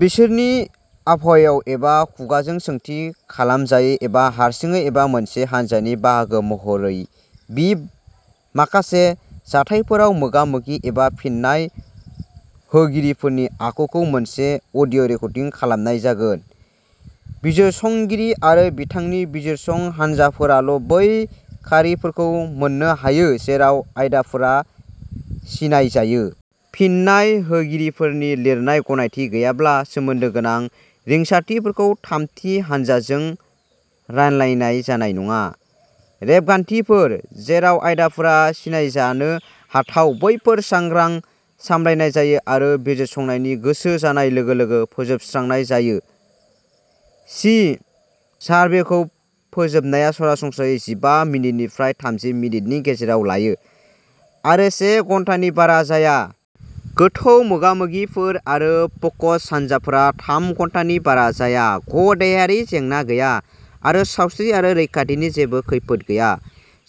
बिसोरनि आबहावायाव एबा खुगाजों सोंथि खालामजायो एबा हारसिं एबा मोनसे हान्जानि बाहागो महरै बि माखासे जाथायफोराव मोगा मोगि एबा फिन्नाय होगिरिफोरनि आखुखौ मोनसे अडिअ रेकर्डिं खालामनाय जागोन। बिजिरसंगिरि आरो बिथांनि बिजिरसं हानजाफोराल बै खारिफोरखौ मोननो हायो जेराव आयदाफोरा सिनायजायो। फिन्नाय होगिरिफोरनि लिरनाय गनायथि गैयाब्ला सोमोन्दो गोनां रिंसारथिफोरखौ थामथि हानजाजों रानलायनाय जानाय नङा। रेबगान्थिफोर जेराव आयदाफोरा सिनायजानो हाथाव बैफोर सांग्रां सामलायनाय जायो आरो बिजिरसंनायनि गोसो जानाय लोगो लोगो फोजोबस्रांनाय जायो। सि सारभेखौ फोजोबनाया सरासनस्रायै जिबा मिनिटनिफ्राय थाम्जि मिनिटनि गेजेराव लायो आरो से घन्टानि बारा जाया। गोथौ मोगा मोगिफोर आरो फोकस हानजाफोरा थाम घन्टानि बारा जाया। घ देहायारि जेंना गैया आरो सावस्रि आरो रैखाथिनि जेबो खैफोद गैया।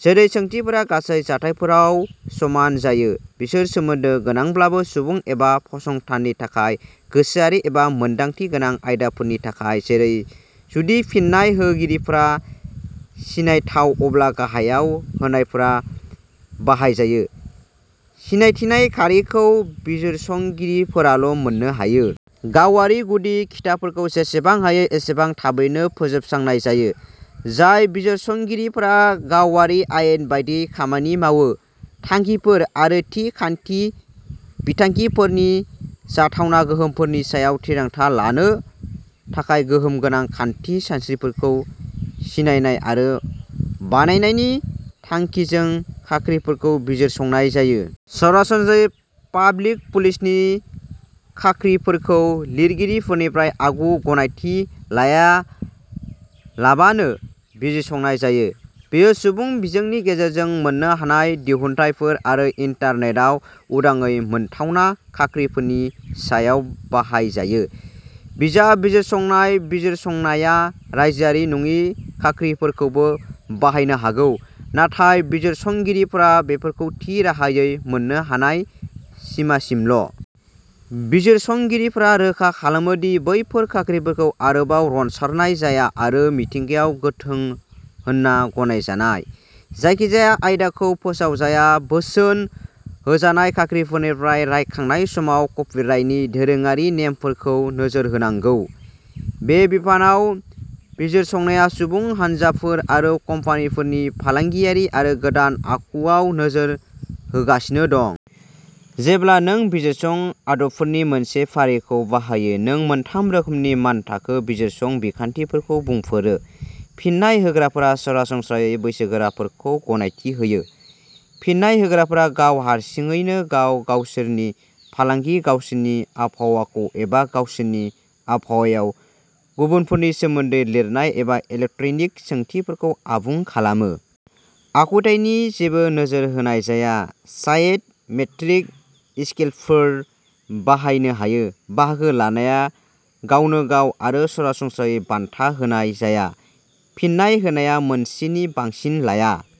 जेरै सोंथिफोरा गासै जाथायफोराव समान जायो। बिसोर सोमोन्दो गोनांब्लाबो सुबुं एबा फसंथाननि थाखाय गोसोआरि एबा मोनदांथि गोनां आयदाफोरनि थाखाय जेरै जुदि फिन्नाय होगिरिफोरा सिनायथाव अब्ला गाहायाव होनायफोरा बाहायजायो सिनायथिनाय खारिखौ बिजिरसंगिरिफोराल' मोननो हायो। गावारि गुदि खिथाफोरखौ जेसेबां हायो एसेबां थाबैनो फोजोबस्रांनाय जायो। जाय बिजिरसंगिरिफोरा गावारि आयेन बादियै खामानि मावो। थांखिफोर आरो थि खान्थि बिथांखिफोरनि जाथावना गोहोमफोरनि सायाव थिरांथा लानो थाखाय गोहोम गोनां खान्थि सानस्रिफोरखौ सिनायनाय आरो बानायनायनि थांखिजों खाख्रिफोरखौ बिजिरसंनाय जायो। सरासनस्रायै पाब्लिक पुलिसनि खाख्रिफोरखौ लिरगिरिफोरनिफ्राय आगु गनायथि लायालाबानो बिजिरसंनाय जायो। बेयो सुबुं बिजोंनि गेजेरजों मोननो हानाय दिहुनथायफोर आरो इन्टारनेटआव उदाङै मोनथावना खाख्रिफोरनि सायाव बाहायजायो। बिजाब बिजिरसंनाय बिजिरसंनाया रायजोआरि नङि खाख्रिफोरखौबो बाहायनो हागौ नाथाय बिजिरसंगिरिफोरा बेफोरखौ थि राहायै मोननो हानाय सिमासिमल'। बिजिरसंगिरिफोरा रोखा खालामो दि बैफोर खाख्रिफोरखौ आरोबाव रनसारनाय जाया आरो मिथिंगायाव गोथों होनना गनायजानाय। जायखिजाया आयदाखौ फोसावजाया। बोसोन होजानाय खाख्रिफोरनिफ्राय रायखांनाय समाव कपिराइटनि दोरोङारि नेमफोरखौ नोजोर होनांगौ। बे बिफानाव बिजिरसंनाया सुबुं हानजाफोर आरो कम्पानिफोरनि फालांगियारि आरो गोदान आखु आव नोजोर होगासिनो दं। जेब्ला नों बिजिरसं आदबफोरनि मोनसे फारिखौ बाहायो जों मोनथाम रोखोमनि मानथाखो बिजिरसं बिखान्थिफोरखौ बुंफोरो। फिन्नाय होग्राफोरा सरासनस्रायै बैसोगोराफोरखौ गनायथि होयो। फिन्नाय होग्राफोरा गाव हारसिङैनो गाव गावसोरनि फालांगि गावसोरनि आबहावाखौ एबा गावसोरनि आबहावायाव गुबुनफोरनि सोमोन्दै लिरनाय एबा इलेक्ट्रनिक सोंथिफोरखौ आबुं खालामो। आखुथायनि जेबो नोजोर होनाय जाया। साइक मेट्रिक स्केलफोर बाहायनो हायो। बाहागो लानाया गावनोगाव आरो सरासनस्रायै बान्था होनाय जाया। फिन्नाय होनाया मोनसेनि बांसिन लाया।